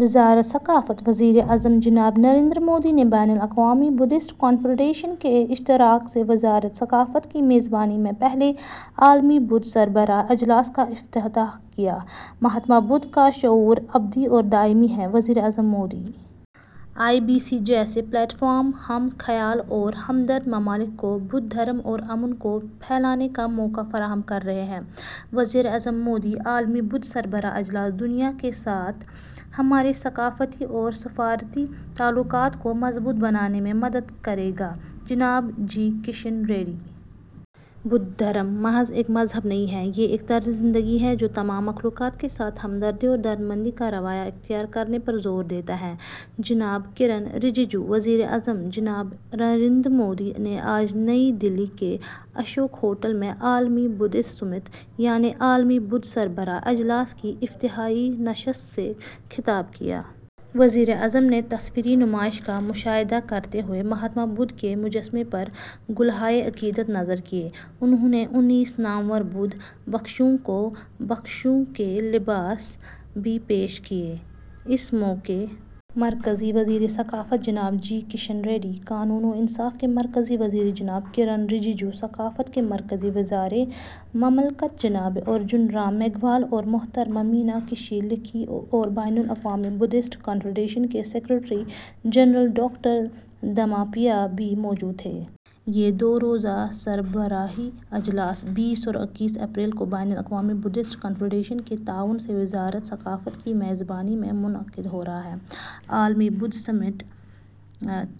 وزارتِ ثقافت۔ وزیر اعظم جناب نریندر مودی نے بین الاقوامی بدھسٹ کنفیڈریشن کے اشتراک سے وزارتِ ثقافت کی میزبانی میں پہلے عالمی بودھ سربراہ اجلاس کا افتتاح کیا۔ ''مہاتما بدھ کا شعور ابدی اور دائمی ہے'': وزیر اعظم مودی۔ ''آئی بی سی جیسے پلیٹ فارم ہم خیال اور ہمدرد ممالک کو بودھ دھم اور امن کو پھیلانے کا موقع فراہم کر رہے ہیں'': وزیر اعظم مودی۔ عالمی بودھ سربراہ اجلاس دنیا کے ساتھ ہمارے ثقافتی اور سفارتی تعلقات کو مضبوط بنانے میں مدد کرے گا: جناب جی کشن ریڈی۔ بودھ دھم محض ایک مذہب نہیں ہے، یہ ایک طرزِ زندگی ہے، جو تمام مخلوقات کے ساتھ ہمدردی اور درد مندی کا رویہ اختیار کرنے پر زور دیتا ہے: جناب کرن رجیجو۔ وزیر اعظم جناب نریندر مودی نے آج نئی دہلی کے اشوک ہوٹل میں عالمی بدھسٹ سمٹ، یعنی عالمی بودھ سربراہ اجلاس کی افتتاحی نشست سے خطاب کیا۔ وزیر اعظم نے تصویری نمائش کا مشاہدہ کرتے ہوئے مہاتما بدھ کے مجسمے پر گلہائے عقیدت نذر کیے۔ انہوں نے انیس نامور بودھ بھکشوؤں کو بھکشو کے لباس بھی پیش کیے۔ اس موقع پر مرکزی وزیر ثقافت جناب جی کشن ریڈی، قانون و انصاف کے مرکزی وزیر جناب کرن رجیجو، ثقافت کے مرکزی وزرائے مملکت جناب ارجن رام میگھوال اور محترمہ میناکشی لیکھی اور بین الاقوامی بدھسٹ کنفیڈریشن کے سکریٹری جنرل ڈاکٹر دھماپیا بھی موجود تھے۔ یہ دو روزہ سربراہی اجلاس، بیس اور اکیس اپریل کو بین الاقوامی بدھسٹ کنفیڈریشن کے تعاون سے وزارتِ ثقافت کی میزبانی میں منعقد ہو رہا ہے۔ عالمی بدھ سمٹ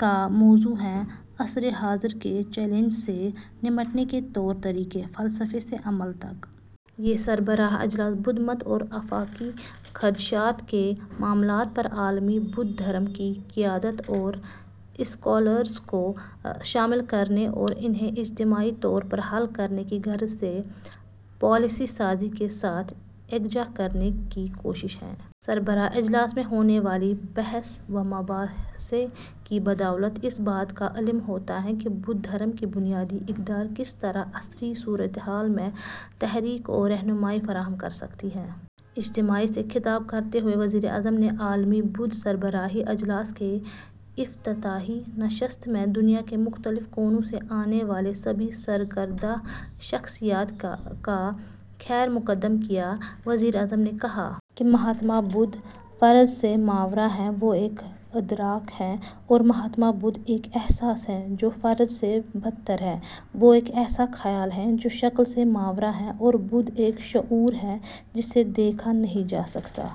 کا موضوع ہے ''عصرِ حاضر کے چیلنجز سے نمٹنے کے طور طریقے: فلسفے سے عمل تک''۔ یہ سربراہ اجلاس بدھ مت اور آفاقی خدشات کے معاملات پر عالمی بودھ دھم کی قیادت اور اسکالرز کو شامل کرنے اور انہیں اجتماعی طور پر حل کرنے کی غرض سے پالیسی سازی کے ساتھ یکجا کرنے کی کوشش ہے۔ سربراہ اجلاس میں ہونے والے بحث و مباحثے کی بدولت اس بات کا علم ہوتا ہے کہ بودھ دھم کی بنیادی اقدار کس طرح عصری صورتحال میں تحریک اور رہنمائی فراہم کر سکتی ہیں۔ اجتماع سے خطاب کرتے ہوئے وزیر اعظم نے عالمی بودھ سربراہی اجلاس کی افتتاحی نشست میں دنیا کے مختلف کونوں سے آنے والی سبھی سرکردہ شخصیات کا خیرمقدم کیا۔ وزیر اعظم نے کہا کہ ''مہاتما بدھ فرد سے ماورا ہیں، وہ ایک ادراک ہیں''، اور مہاتما بدھ ایک احساس ہیں، جو فرد سے بالاتر ہیں، وہ ایک ایسا خیال ہیں، جو شکل سے ماورا ہے اور بدھ ایک شعور ہیں، جسے دیکھا نہیں جا سکتا۔